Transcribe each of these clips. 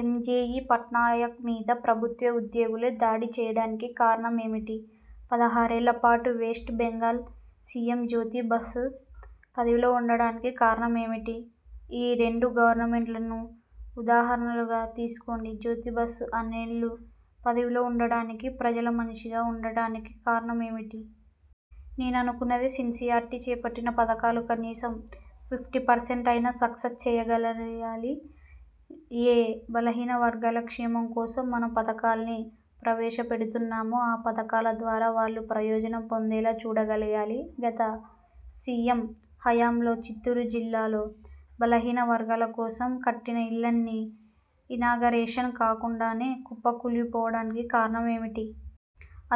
ఎం. G బూ పట్నాయక్ మీద ప్రభుత్వోద్యోగులే దాడి చెయ్యడానికి కారణం ఏమిటి? పదహారేళ్ళ పాటు west Bengal C M Jyoti Basu పదవిలో ఉండడానికి కారణం ఏమిటి? ఈ రెండు గవర్నమెంట్లనూ, ఉదాహరణలుగా తీసుకోండి జ్యోతి బసు అన్నేళ్ళు పదవిలో ఉండడానికి, ప్రజల మనిషిగా ఉండడానికి కారణం ఏమిటి? నేననుకునేది సిన్సియార్టీ చేపట్టిన పధకాలు కనీసం ఫిఫ్టీ పర్సెంట్ అయినా సక్సస్ చెయ్యగలగాలి ఏ బలహీన వర్గాల క్షేమం కోసం, మనం పధకాల్ని ప్రవేశపెడుతున్నామో ఆ పధకాల ద్వారా వాళ్ళు ప్రయోజనం పొందేలా చూడగలగాలి గత సి. ఎమ్. హయాంలో చిత్తూరు జిల్లాలో బలహీన వర్గాల కోసం కట్టిన ఇళ్ళన్నీ, ఇనాగరేషన్ కాకుండానే కుప్పకూలిపోవడానికి కారణం ఏమిటి?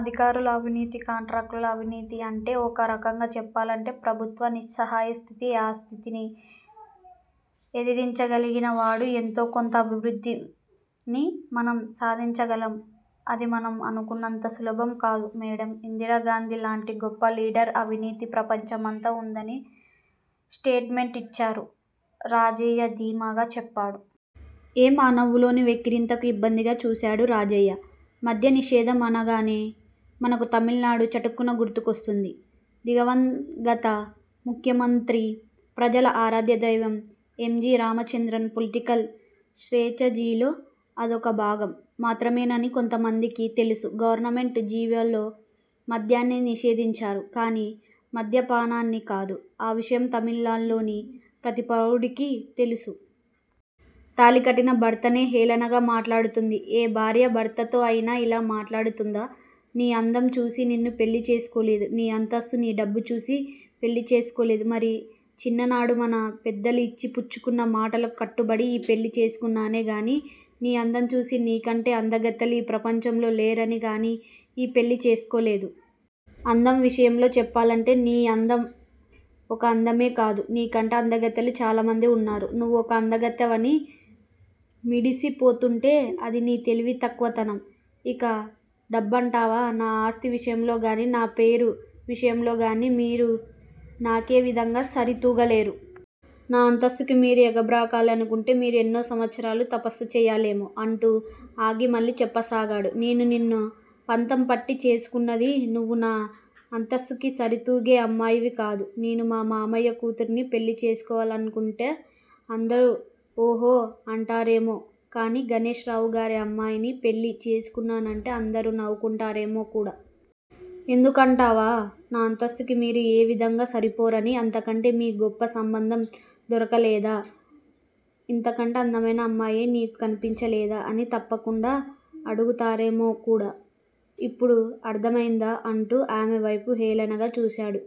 అధికారుల అవినీతి- కంట్రాక్టర్ల అవినీతి అంటే ఒక రకంగా చెప్పాలంటే ప్రభుత్వ నిస్సహాయస్థితి ఆ స్థితిని ఎదిరించగలిగిన నాడు ఎంతో కొంత అభివృద్దిని మనం సాధించగలం అది మనం అనుకున్నంత సులభం కాదు మేడమ్ ఇందిరాగాంధీ లాంటి గొప్ప లీడర్ అవినీతి ప్రపంచమంతా ఉందని స్టేట్ మెంటు ఇచ్చారు రాజయ్య ధీమాగా చెప్పాడు. ఎమ్. ఆ నవ్వులోని వెక్కిరింతకు ఇబ్బందిగా చూసాడు రాజయ్య. మద్యనిషేధం అనగానే మనకు తమిళనాడు చటుక్కున గుర్తుకొస్తుంది. దివంగత ముఖ్యమంత్రి, ప్రజల ఆరాధ్యదైవం ఎంజి రామచంద్రన్ పొలిటికల్ స్ట్రేటజీలో అదొక భాగం మాత్రమేనని కొంతమందికి తెలుసు గవర్నమెంట్ జీవోల్లో మద్యాన్ని నిషేధించారు. కానీ మద్యపానాన్ని కాదు ఆ విషయం తమిళనాడులోని ప్రతి పౌరుడికీ తెలుసు. తాళికట్టిన భర్తనే హేళనగా మాట్లాడుతుంది. ఏ భార్య భర్తతో అయినా ఇలా మాట్లాడుతుందా? నీ అందం చూసి నిన్ను పెళ్ళి చేసుకోలేదు. నీ అంతస్తు, నీ డబ్బు చూసి పెళ్ళి చేసుకోలేదు. మరి! చిన్ననాడు మన పెద్దలు ఇచ్చి పుచ్చుకున్న మాటకు కట్టుబడి ఈ పెళ్ళి చేసుకున్నానే గాని నీ అందంచూసి నీకంటే అందగత్తెలు ఈ ప్రపంచంలో లేరని గాని ఈ పెళ్ళి చేసుకోలేదు. అందం విషయంలో చెప్పాలంటే నీ అందం ఒక అందమే కాదు. నీకంటే అందగత్తెలు చాలామంది ఉన్నారు. నువ్వు ఒక అందగత్తెవని మిడిసి పోతుంటే అది నీ తెలివి తక్కువ తనం. ఇక డబ్బంటావా! నా ఆస్తి విషయంలో గాని నా పేరు విషయంలో గాని మీరు నాకే విధంగా సరితూగలేరు. నా అంతస్తుకి మీరు ఎగబ్రాకాలి అనుకుంటే మీరు ఎన్నో సంవత్సరాలు తపస్సు చెయ్యాలేమో! అంటూ ఆగి మళ్ళీ చెప్ప సాగాడు. నేను నిన్ను పంతం పట్టి చేసుకున్నది నువ్వు నా అంతస్తుకి సరితూగే అమ్మాయివికాదు. నేను మా మామయ్య కూతురిని పెళ్ళి చేసుకున్నానంటే అందరూ ఓహో అంటారేమో కాని గణేశ్ రావు గారి అమ్మాయిని పెళ్ళి చేసుకున్నానంటే అందరూ నవ్వుకుంటారేమో కూడా. ఎందుకు అంటావా? నా అంతస్తుకి మీరు ఏ విధంగాను సరిపోరని అంతకంటే నీకు గొప్ప సంబంధం దొరకలేదా! ఇంతకంటే అందమైన అమ్మాయే నీకు కనిపించలేదా అని తప్పకుండా అడుగుతారేమో కూడా, ఇప్పుడు అర్ధమైందా అంటూ ఆమె వైపు హేళనగా చూశాడు.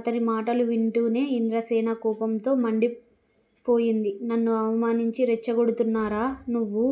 అతని మాటలు వింటూనే ఇంద్ర సేన కోపంతో మండి పోయింది. నన్ను అవమానించి రెచ్చగొడుతున్నారా! నువ్వు